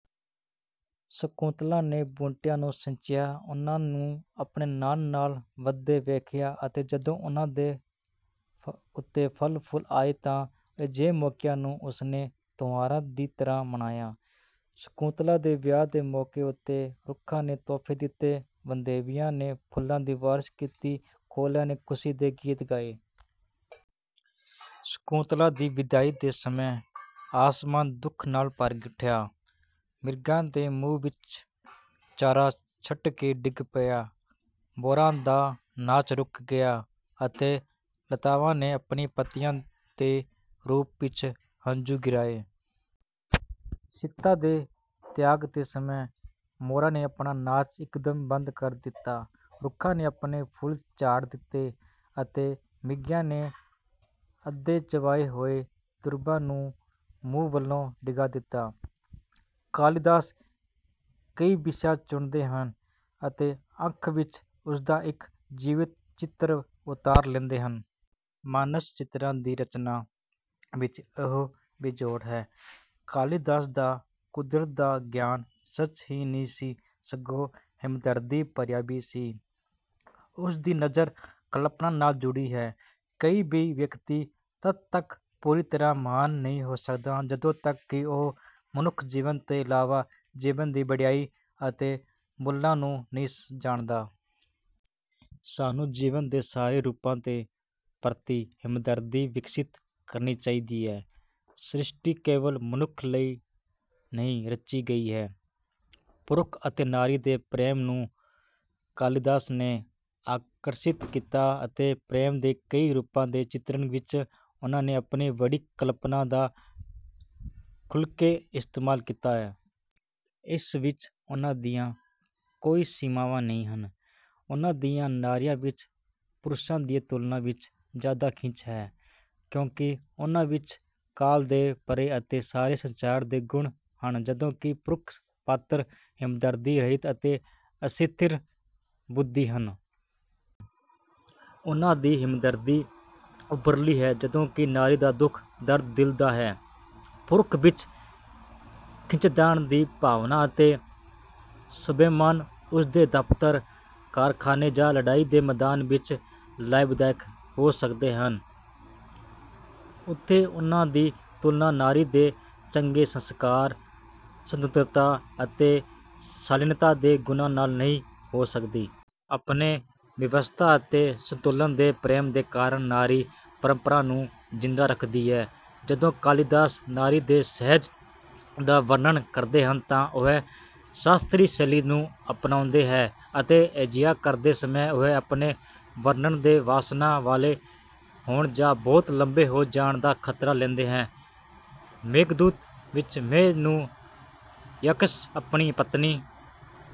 ਸ਼ਕੁੰਤਲਾ ਨੇ ਬੂਟਿਆਂ ਨੂੰ ਸਿੰਜਿਆ ਉਨ੍ਹਾਂ ਨੂੰ ਆਪਣੇ ਨਾਲ ਨਾਲ ਵਧਦੇ ਵੇਖਿਆ ਅਤੇ ਜਦੋਂ ਉਨ੍ਹਾਂ ਦੇ ਉੱਤੇ ਫਲ ਫੁਲ ਆਏ ਤਾਂ ਅਜਿਹੇ ਮੌਕਿਆਂ ਨੂੰ ਉਸਨੇ ਤਿਉਹਾਰਾਂ ਦੀ ਤਰ੍ਹਾਂ ਮਨਾਇਆ। ਸ਼ਕੁੰਤਲਾ ਦੇ ਵਿਆਹ ਦੇ ਮੌਕੇ ਉੱਤੇ ਰੁੱਖਾਂ ਨੇ ਤੋਹਫੇ ਦਿੱਤੇ ਵਨਦੇਵੀਆਂ ਨੇ ਫੁੱਲਾਂ ਦੀ ਬਾਰਿਸ਼ ਕੀਤੀ ਕੋਇਲਾਂ ਨੇ ਖੁਸ਼ੀ ਦੇ ਗੀਤ ਗਾਏ। ਸ਼ਕੁੰਤਲਾ ਦੀ ਵਿਦਾਈ ਦੇ ਸਮੇਂ ਆਸਮਾਨ ਦੁੱਖ ਨਾਲ ਭਰ ਉੱਠਿਆ। ਮਿਰਗਾਂ ਦੇ ਮੂੰਹ ਵਿੱਚੋਂ ਚਾਰਾ ਛੁੱਟ ਕੇ ਡਿੱਗ ਪਿਆ ਮੋਰਾਂ ਦਾ ਨਾਚ ਰੁਕ ਗਿਆ ਅਤੇ ਲਤਾਵਾਂ ਨੇ ਆਪਣੇ ਪੱਤਿਆਂ ਦੇ ਰੂਪ ਵਿੱਚ ਹੰਝੂ ਗਿਰਾਏ। ਸੀਤਾ ਦੇ ਤਿਆਗ ਦੇ ਸਮੇਂ ਮੋਰਾਂ ਨੇ ਆਪਣਾ ਨਾਚ ਇੱਕਦਮ ਬੰਦ ਕਰ ਦਿੱਤਾ ਰੁੱਖਾਂ ਨੇ ਆਪਣੇ ਫੁੱਲ ਝਾੜ ਦਿੱਤੇ ਅਤੇ ਮ੍ਰਿਗੀਆਂ ਨੇ ਅੱਧੇ ਚਬਾਏ ਹੋਏ ਦੂਰਵਾ ਨੂੰ ਮੂੰਹ ਵਲੋਂ ਡਿੱਗਾ ਦਿੱਤਾ। ਕਾਲੀਦਾਸ ਕੋਈ ਵਿਸ਼ਾ ਚੁਣਦੇ ਹਨ ਅਤੇ ਅੱਖ ਵਿੱਚ ਉਸਦਾ ਇੱਕ ਜੀਵਤ ਚਿੱਤਰ ਉਤਾਰ ਲੈਂਦੇ ਹਨ। ਮਾਨਸ ਚਿਤਰਾਂ ਦੀ ਰਚਨਾ ਵਿੱਚ ਉਹ ਬੇਜੋੜ ਹੈ। ਕਾਲੀਦਾਸ ਦਾ ਕੁਦਰਤ ਦਾ ਗਿਆਨ ਸੱਚ ਹੀ ਨਹੀਂ ਸੀ ਸਗੋਂ ਹਮਦਰਦੀ ਭਰਿਆ ਵੀ ਸੀ। ਉਸ ਦੀ ਨਜ਼ਰ ਕਲਪਨਾ ਨਾਲ ਜੁੜੀ ਹੈ। ਕੋਈ ਵੀ ਵਿਅਕਤੀ ਤੱਦ ਤੱਕ ਪੂਰੀ ਤਰ੍ਹਾਂ ਮਹਾਨ ਨਹੀਂ ਹੋ ਸਕਦਾ ਜਦੋਂ ਤੱਕ ਕਿ ਉਹ ਮਨੁੱਖ ਜੀਵਨ ਤੋਂ ਇਲਾਵਾ ਜੀਵਨ ਦੀ ਵਡਿਆਈ ਅਤੇ ਮੁੱਲਾਂ ਨੂੰ ਨਹੀਂ ਜਾਣਦਾ। ਸਾਨੂੰ ਜੀਵਨ ਦੇ ਸਾਰੇ ਰੂਪਾਂ ਦੇ ਪ੍ਰਤੀ ਹਮਦਰਦੀ ਵਿਕਸਿਤ ਕਰਨੀ ਚਾਹੀਦੀ ਹੈ। ਸ੍ਰਿਸ਼ਟੀ ਕੇਵਲ ਮਨੁੱਖ ਲਈ ਨਹੀਂ ਰਚੀ ਗਈ ਹੈ। ਪੁਰਖ ਅਤੇ ਨਾਰੀ ਦੇ ਪ੍ਰੇਮ ਨੇ ਕਾਲੀਦਾਸ ਨੂੰ ਆਕਰਸ਼ਿਤ ਕੀਤਾ ਅਤੇ ਪ੍ਰੇਮ ਦੇ ਕਈ ਰੂਪਾਂ ਦੇ ਚਿਤਰਣ ਵਿੱਚ ਉਨ੍ਹਾਂ ਨੇ ਆਪਣੀ ਵੱਡੀ ਕਲਪਨਾ ਦਾ ਖੁੱਲਕੇ ਇਸਤੇਮਾਲ ਕੀਤਾ ਹੈ। ਇਸ ਵਿੱਚ ਉਨ੍ਹਾਂ ਦੀਆਂ ਕੋਈ ਸੀਮਾਵਾਂ ਨਹੀਂ ਹਨ। ਉਨ੍ਹਾਂ ਦੀਆਂ ਨਾਰੀਆਂ ਵਿੱਚ ਪੁਰਸ਼ਾਂ ਦੀ ਤੁਲਨਾ ਵਿੱਚ ਜਿਆਦਾ ਖਿੱਚ ਹੈ ਕਿਉਂਕਿ ਉਨ੍ਹਾਂ ਵਿੱਚ ਕਾਲ ਤੋਂ ਪਰੇ ਅਤੇ ਸਾਰੇ ਸੰਸਾਰ ਦੇ ਗੁਣ ਹਨ ਜਦੋਂ ਕਿ ਪੁਰਖ ਪਾਤਰ ਹਮਦਰਦੀ ਰਹਿਤ ਅਤੇ ਅਸਥਿਰ ਬੁੱਧੀ ਹਨ। ਉਨ੍ਹਾਂ ਦੀ ਹਮਦਰਦੀ ਉੱਪਰਲੀ ਹੈ ਜਦੋਂ ਕਿ ਨਾਰੀ ਦਾ ਦੁੱਖ ਦਰਦ ਦਿਲ ਦਾ ਹੈ। ਪੁਰਖ ਵਿੱਚ ਖਿੱਚੋਤਾਣ ਦੀ ਭਾਵਨਾ ਅਤੇ ਸਵੈਮਾਨ ਉਸਦੇ ਦਫ਼ਤਰ ਕਾਰਖਾਨੇ ਜਾਂ ਲੜਾਈ ਦੇ ਮੈਦਾਨ ਵਿੱਚ ਲਾਭਦਾਇਕ ਹੋ ਸਕਦੇ ਹਨ ਉੱਤੇ ਉਨ੍ਹਾਂ ਦੀ ਤੁਲਨਾ ਨਾਰੀ ਦੇ ਚੰਗੇ ਸੰਸਕਾਰ ਸੁੰਦਰਤਾ ਅਤੇ ਸ਼ਾਲੀਨਤਾ ਦੇ ਗੁਣਾਂ ਨਾਲ ਨਹੀਂ ਹੋ ਸਕਦੀ। ਆਪਣੇ ਵਿਵਸਥਾ ਅਤੇ ਸੰਤੁਲਨ ਦੇ ਪ੍ਰੇਮ ਦੇ ਕਾਰਨ ਨਾਰੀ ਪਰੰਪਰਾ ਨੂੰ ਜਿੰਦਾ ਰੱਖਦੀ ਹੈ। ਜਦੋਂ ਕਾਲੀਦਾਸ ਨਾਰੀ ਦੇ ਸੁਹਜ ਦਾ ਵਰਣਨ ਕਰਦੇ ਹਨ ਤਾਂ ਉਹ ਸ਼ਾਸਤਰੀ ਸ਼ੈਲੀ ਨੂੰ ਅਪਣਾਉਂਦੇ ਹੈ ਅਤੇ ਅਜਿਹਾ ਕਰਦੇ ਸਮਾਂ ਉਹ ਆਪਣੇ ਵਰਣਨੋਂ ਦੇ ਵਾਸਨਾ ਵਾਲੇ ਹੋਣ ਜਾਂ ਬਹੁਤ ਲੰਬੇ ਹੋ ਜਾਣ ਦਾ ਖ਼ਤਰਾ ਲੈਂਦੇ ਹੈ। ਮੇਘਦੂਤ ਵਿੱਚ ਮੇਘ ਨੂੰ ਯਕਸ਼ ਆਪਣੀ ਪਤਨੀ